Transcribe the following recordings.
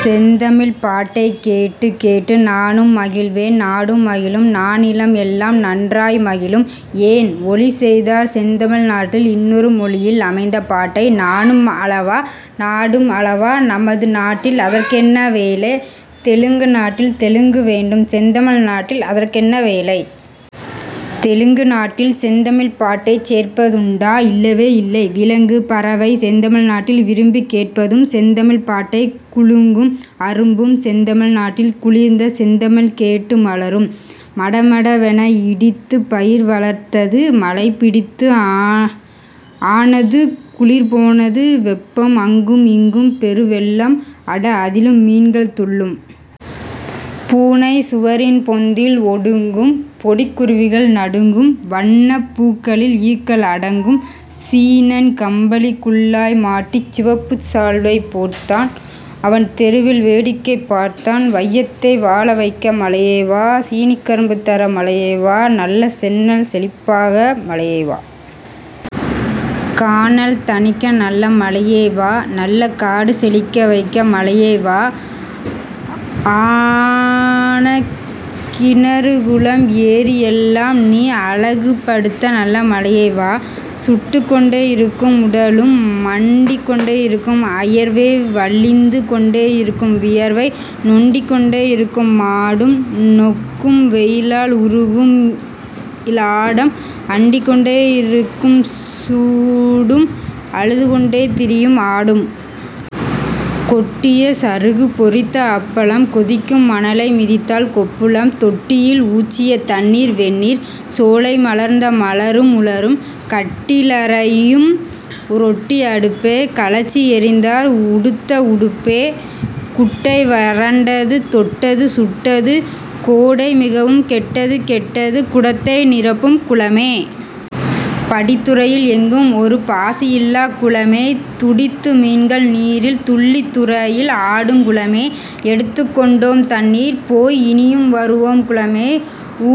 செந்தமிழ்ப் பாட்டைக் கேட்டுக் கேட்டு நானும் மகிழ்வேன் நாடும் மகிழும் நானிலம் எல்லாம் நன்றாய் மகிழும்! ஏன்ஒலி செய்தார் செந்தமிழ் நாட்டில் இன்னொரு மொழியில் அமைந்த பாட்டை? நானும் அழவா? நாடும் அழவா? நமது நாட்டில் அதற்கென்ன வேலை? தெலுங்கு நாட்டில் தெலுங்கு வேண்டும். செந்தமிழ் நாட்டில் அதற்கென்ன வேலை? தெலுங்கு நாட்டில் செந்தமிழ்ப் பாட்டைச் சேர்ப்பதுண்டா? இல்லவே இல்லை! விலங்கு பறவை செந்தமிழ் நாட்டில் விரும்பிக் கேட்பதும் செந்தமிழ்ப் பாட்டை! குலுங்கும் அரும்பும் செந்தமிழ் நாட்டில் குளிர்ந்த செந்தமிழ் கேட்டு மலரும்! மடமடவென இடித்து பயிர் வளர்த்தது மழை பிடித்து. ஆனது குளிர் போனது வெப்பம் அங்கும்இங் கும்பெரு வெள்ளம் அட அதிலும் மீன்கள் துள்ளும். பூனை சுவரின் பொந்தில் ஒடுங்கும் பொடிக் குருவிகள் நடுங்கும்-வண்ணப் பூக்களில் ஈக்கள் அடங்கும். சீனன் கம்பளிக் குல்லாய் மாட்டிச் சிவப்பு சால்வை போர்த்தான் அவன் தெருவில் வேடிக்கை பார்த்தான்! வையத்தை வாழவைக்க மழையே வா! சீனிக்கரும்பு தர மழையே வா! நல்ல செந்நெல் செழிப்பாக்க மழையே வா! கானல் தணிக்க நல்ல மழையே வா! நல்ல காடு செழிக்க வைக்க மழையே வா! ஆன கிணறுகுளம் ஏரிஎல்லாம் நீ அழகுப டுத்தநல்ல மழையே வா! சுட்டுக் கொண்டே இருக்கும் உடலும் மண்டிக் கொண்டே இருக்கும் அயர்வே வழிந்து கொண்டே இருக்கும் வியர்வை நொண்டிக் கொண்டே இருக்கும் மாடும் நொக்கும் வெயிலால் உருகும்இ லாடம் அண்டிக் கொண்டே இருக்கும் சூடும் அழுது கொண்டே திரியும் ஆடும். கொட்டிய சருகு பொரித்த அப்பளம்! கொதிக்கும் மணலை மிதித்தால் கொப்புளம்! தொட்டியில் ஊற்றிய தண்ணீர் வெந்நீர்! சோலை மலர்ந்த மலரும் உலரும். கட்டி லறையும்உ ரொட்டி அடுப்பே! கழற்றி எறிந்தார் உடுத்த உடுப்பே! குட்டை வறண்டது தொட்டது சுட்டது; கோடை மிகவும் கெட்டது கெட்டது! குடத்தை நிரப்பும் குளமே! படித்துறையில் எங்கும் ஒரு பாசி யில்லாக் குளமே! துடித்து மீன்கள் நீீரில் துள்ளித் துறையில் ஆடுங் குளமே! எடுத்துக் கொண்டோம் தண்ணீர் போய் இனியும் வருவோம் குளமே!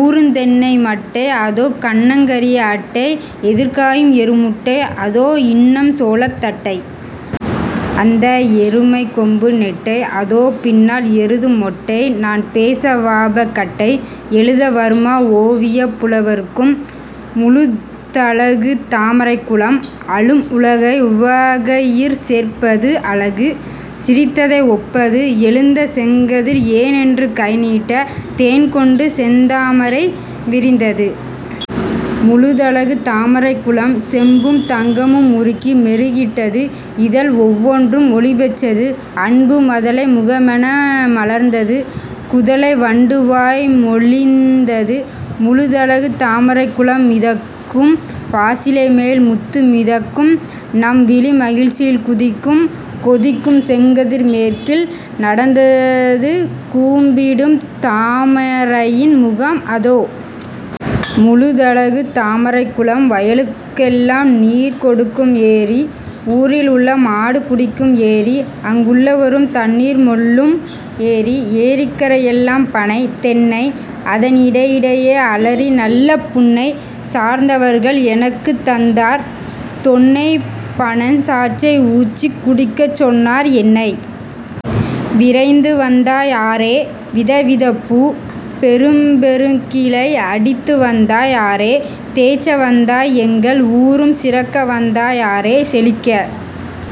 ஊறுந் தென்னை மட்டை! அதோ கன்னங் கரிய அட்டை! எதிர் காயும் எரு முட்டை! அதோ இன்னம் சோளத் தட்டை! அந்த எருமைக் கொம்பு நெட்டை அதோ பின்னால் எருது மொட்டை நான் பேசவாப கட்டை? எழுத வருமா ஓவியப் புலவர்க்கும்? முழுதழகு தாமரைக் குளம்! அழும் உலகை உவகையிற் சேர்ப்பது அழகு சிரித் ததை ஒப்பது! எழுந்த செங்கதிர் 'ஏன்'என்று கைநீட்ட தேன்கொண்டு செந்தாமரை விரிந்தது. முழுதழகு தாமரைக் குளம்! செம்பும் தங்கமும் உருக்கி மெருகிட்டது இதழ் ஒவ்வொன்றும் ஒளிபெற்றது. அன்பு மதலை முகமென மலர்ந்தது குதலை வண்டு வாய் மொழிந்தது. முழுதழகு தாமரைக் குளம்! மிதக்கும் பாசிலைமேல் முத்து மிதக்கும் நம்விழி மகிழ்ச்சியில் குதிக்கும் கொதிக்கும் செங்கதிர் மேற்கில் நடந்தது கூம்பிடும் தாமைரையின் முகம் அதோ. முழுதழகு தாமரைக் குளம்! வயலுக் கெல்லாம் நீர் கொடுக்கும் ஏரி. ஊரில் உள்ள மாடு குடிக்கும் ஏரி அங் குள்ளவரும் தண்ணீர் மொள்ளும் ஏரி. ஏரிக்கரை எல்லாம் பனை, தென்னை அதன் இடையிடையே அலரி நல்ல புன்னை. சார்ந்தவர்கள் எனக்குத் தந்தார் தொன்னை பனஞ் சாற்றை ஊற்றிக் குடிக்கச் சொன்னார் என்னை. விரைந்து வந்தாய் ஆறே! விதவிதப்பூ, பெரும்பெ ருங்கிளை அடித்து வந்தாய் ஆறே! தேற்ற வந்தாய் எங்கள் ஊரும் சிறக்க வந்தாய் ஆறே! செழிக்க